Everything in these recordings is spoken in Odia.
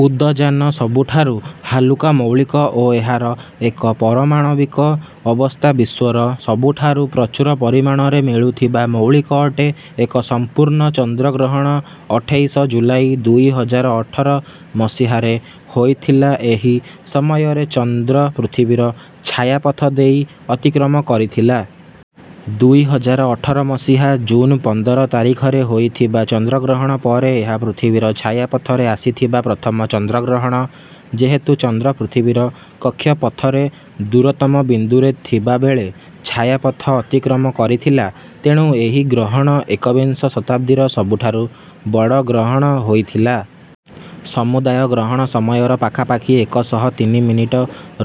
ଉଦଜାନ ସବୁଠାରୁ ହାଲୁକା ମୌଳିକ ଓ ଏହାର ଏକ ପରମାଣବିକ ଅବସ୍ଥା ବିଶ୍ୱର ସବୁଠାରୁ ପ୍ରଚୁର ପରିମାଣରେ ମିଳୁଥିବା ମୌଳିକ ଅଟେ। ଏକ ସମ୍ପୂର୍ଣ୍ଣ ଚନ୍ଦ୍ରଗ୍ରହଣ ଅଠେଇଶ ଜୁଲାଇ ଦୁଇ ହଜାର ଅଠର ମସିହାରେ ହୋଇଥିଲା। ଏହି ସମୟରେ ଚନ୍ଦ୍ର ପୃଥିବୀର ଛାୟାପଥ ଦେଇ ଅତିକ୍ରମ କରିଥିଲା। ଦୁଇ ହଜାର ଅଠର ମସିହା ଜୁନ ପନ୍ଦର ତାରିଖରେ ହୋଇଥିବା ଚନ୍ଦ୍ରଗ୍ରହଣ ପରେ ଏହା ପୃଥିବୀର ଛାୟାପଥରେ ଆସିଥିବା ପ୍ରଥମ ଚନ୍ଦ୍ରଗ୍ରହଣ। ଯେହେତୁ ଚନ୍ଦ୍ର ପୃଥିବୀର କକ୍ଷପଥରେ ଦୂରତମ ବିନ୍ଦୁରେ ଥିବାବେଳେ ଛାୟାପଥ ଅତିକ୍ରମ କରିଥିଲା, ତେଣୁ ଏହି ଗ୍ରହଣ ଏକବିଂଶ ଶତାବ୍ଦୀର ସବୁଠାରୁ ବଡ଼ ଗ୍ରହଣ ହୋଇଥିଲା। ସମୁଦାୟ ଗ୍ରହଣ ସମୟର ପାଖାପାଖି ଏକ ଶହ ତିନି ମିନିଟ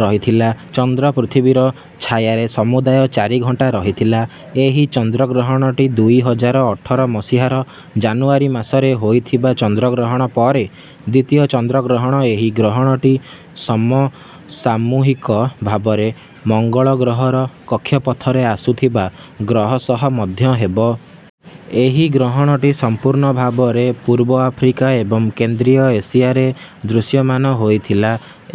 ରହିଥିଲା। ଚନ୍ଦ୍ର ପୃଥିବୀର ଛାୟାରେ ସମୁଦାୟ ଚାରି ଘଣ୍ଟା ରହିଥିଲା। ଏହି ଚନ୍ଦ୍ରଗ୍ରହଣଟି ଦୁଇ ହଜାର ଅଠର ମସିହାର ଜାନୁଆରୀ ମାସରେ ହୋଇଥିବା ଚନ୍ଦ୍ରଗ୍ରହଣ ପରେ ଦ୍ୱିତୀୟ ଚନ୍ଦ୍ରଗ୍ରହଣ। ଏହି ଗ୍ରହଣଟି ସମସାମୂହିକ ଭାବରେ ମଙ୍ଗଳ ଗ୍ରହର କକ୍ଷପଥରେ ଆସୁଥିବା ଗ୍ରହ ସହ ମଧ୍ୟ ହେବ। ଏହି ଗ୍ରହଣଟି ସମ୍ପୂର୍ଣ୍ଣ ଭାବରେ ପୂର୍ବ ଆଫ୍ରିକା ଏବଂ କେନ୍ଦ୍ରୀୟ ଏସିଆରେ ଦୃଶ୍ୟମାନ ହୋଇଥିଲା।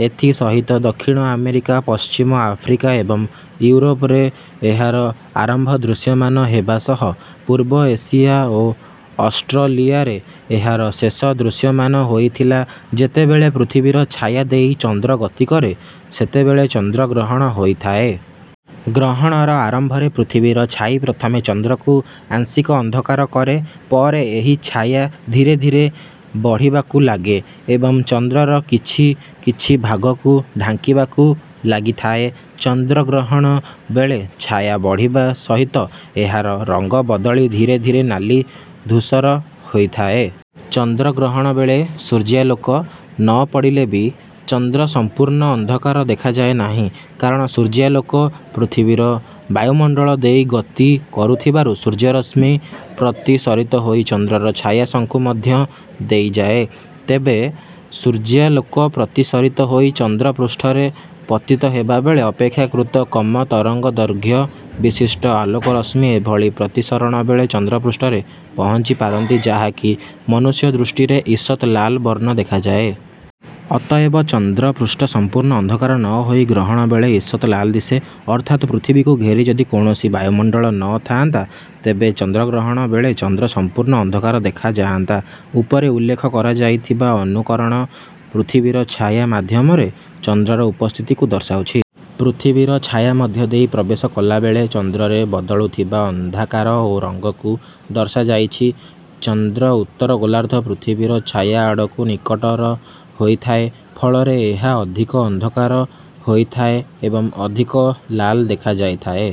ଏଥିସହିତ ଦକ୍ଷିଣ ଆମେରିକା, ପଶ୍ଚିମ ଆଫ୍ରିକା ଏବଂ ୟୁରୋପରେ ଏହାର ଆରମ୍ଭ ଦୃଶ୍ୟମାନ ହେବା ସହ ପୂର୍ବ ଏସିଆ ଓ ଅଷ୍ଟ୍ରଲିଆରେ ଏହାର ଶେଷ ଦୃଶ୍ୟମାନ ହୋଇଥିଲା। ଯେତେବେଳେ ପୃଥିବୀର ଛାୟା ଦେଇ ଚନ୍ଦ୍ର ଗତି କରେ, ସେତେବେଳେ ଚନ୍ଦ୍ରଗ୍ରହଣ ହୋଇଥାଏ। ଗ୍ରହଣର ଆରମ୍ଭରେ ପୃଥିବୀର ଛାଇ ପ୍ରଥମେ ଚନ୍ଦ୍ରକୁ ଆଂଶିକ ଅନ୍ଧକାର କରେ। ପରେ ଏହି ଛାୟା ଧୀରେ ଧୀରେ ବଢ଼ିବାକୁ ଲାଗେ ଏବଂ ଚନ୍ଦ୍ରର କିଛି କିଛି ଭାଗକୁ ଢାଙ୍କିବାକୁ ଲାଗିଥାଏ। ଚନ୍ଦ୍ରଗ୍ରହଣ ବେଳେ ଛାୟା ବଢ଼ିବା ସହିତ ଏହାର ରଙ୍ଗ ବଦଳି ଧୀରେ ଧୀରେ ନାଲି ଧୂସର ହୋଇଥାଏ। ଚନ୍ଦ୍ରଗ୍ରହଣ ବେଳେ ସୂର୍ଯ୍ୟାଲୋକ ନ ପଡ଼ିଲେ ବି ଚନ୍ଦ୍ର ସମ୍ପୂର୍ଣ୍ଣ ଅନ୍ଧକାର ଦେଖାଯାଏ ନାହିଁ। କାରଣ ସୂର୍ଯ୍ୟାଲୋକ ପୃଥିବୀର ବାୟୁମଣ୍ଡଳ ଦେଇ ଗତି କରୁଥିବାରୁ ସୂର୍ଯ୍ୟରଶ୍ମି ପ୍ରତିସରିତ ହୋଇ ଚନ୍ଦ୍ରର ଛାୟା ଶଙ୍କୁ ମଧ୍ୟ ଦେଇ ଯାଏ। ତେବେ ସୂର୍ଯ୍ୟାଲୋକ ପ୍ରତିସରିତ ହୋଇ ଚନ୍ଦ୍ର ପୃଷ୍ଠରେ ପତିତ ହେବାବେଳେ ଅପେକ୍ଷାକୃତ କମ ତରଙ୍ଗ ଦୈର୍ଘ୍ୟ ବିଶିଷ୍ଟ ଆଲୋକ ରଶ୍ମି ଏଭଳି ପ୍ରତିସରଣ ବେଳେ ଚନ୍ଦ୍ର ପୃଷ୍ଠରେ ପହଞ୍ଚି ପାରନ୍ତି ଯାହାକି ମନୁଷ୍ୟ ଦୃଷ୍ଟିରେ ଇଷତ୍ ଲାଲ ବର୍ଣ୍ଣ ଦେଖାଯାଏ। ଅତଏବ ଚନ୍ଦ୍ର ପୃଷ୍ଠ ସମ୍ପୂର୍ଣ୍ଣ ଅନ୍ଧକାର ନ ହୋଇ ଗ୍ରହଣ ବେଳେ ଇଷତ୍ ଲାଲ ଦିଶେ। ଅର୍ଥାତ ପୃଥିବୀକୁ ଘେରି ଯଦି କୌଣସି ବାୟୁମଣ୍ଡଳ ନ ଥାଆନ୍ତା, ତେବେ ଚନ୍ଦ୍ରଗ୍ରହଣ ବେଳେ ଚନ୍ଦ୍ର ସମ୍ପୂର୍ଣ୍ଣ ଅନ୍ଧକାର ଦେଖାଯାଆନ୍ତା। ଉପରେ ଉଲ୍ଲେଖ କରାଯାଇଥିବା ଅନୁକରଣ ପୃଥିବୀର ଛାୟା ମାଧ୍ୟମରେ ଚନ୍ଦ୍ରର ଉପସ୍ଥିତିକୁ ଦର୍ଶାଉଛି। ପୃଥିବୀର ଛାୟା ମଧ୍ୟ ଦେଇ ପ୍ରବେଶ କଲାବେଳେ ଚନ୍ଦ୍ରରେ ବଦଳୁଥିବା ଅନ୍ଧାକାର ଓ ରଙ୍ଗକୁ ଦର୍ଶାଯାଇଛି। ଚନ୍ଦ୍ର ଉତ୍ତର ଗୋଲାର୍ଦ୍ଧ ପୃଥିବୀର ଛାୟା ଆଡ଼କୁ ନିକଟର ହୋଇଥାଏ, ଫଳରେ ଏହା ଅଧିକ ଅନ୍ଧକାର ହୋଇଥାଏ ଏବଂ ଅଧିକ ଲାଲ ଦେଖାଯାଇଥାଏ।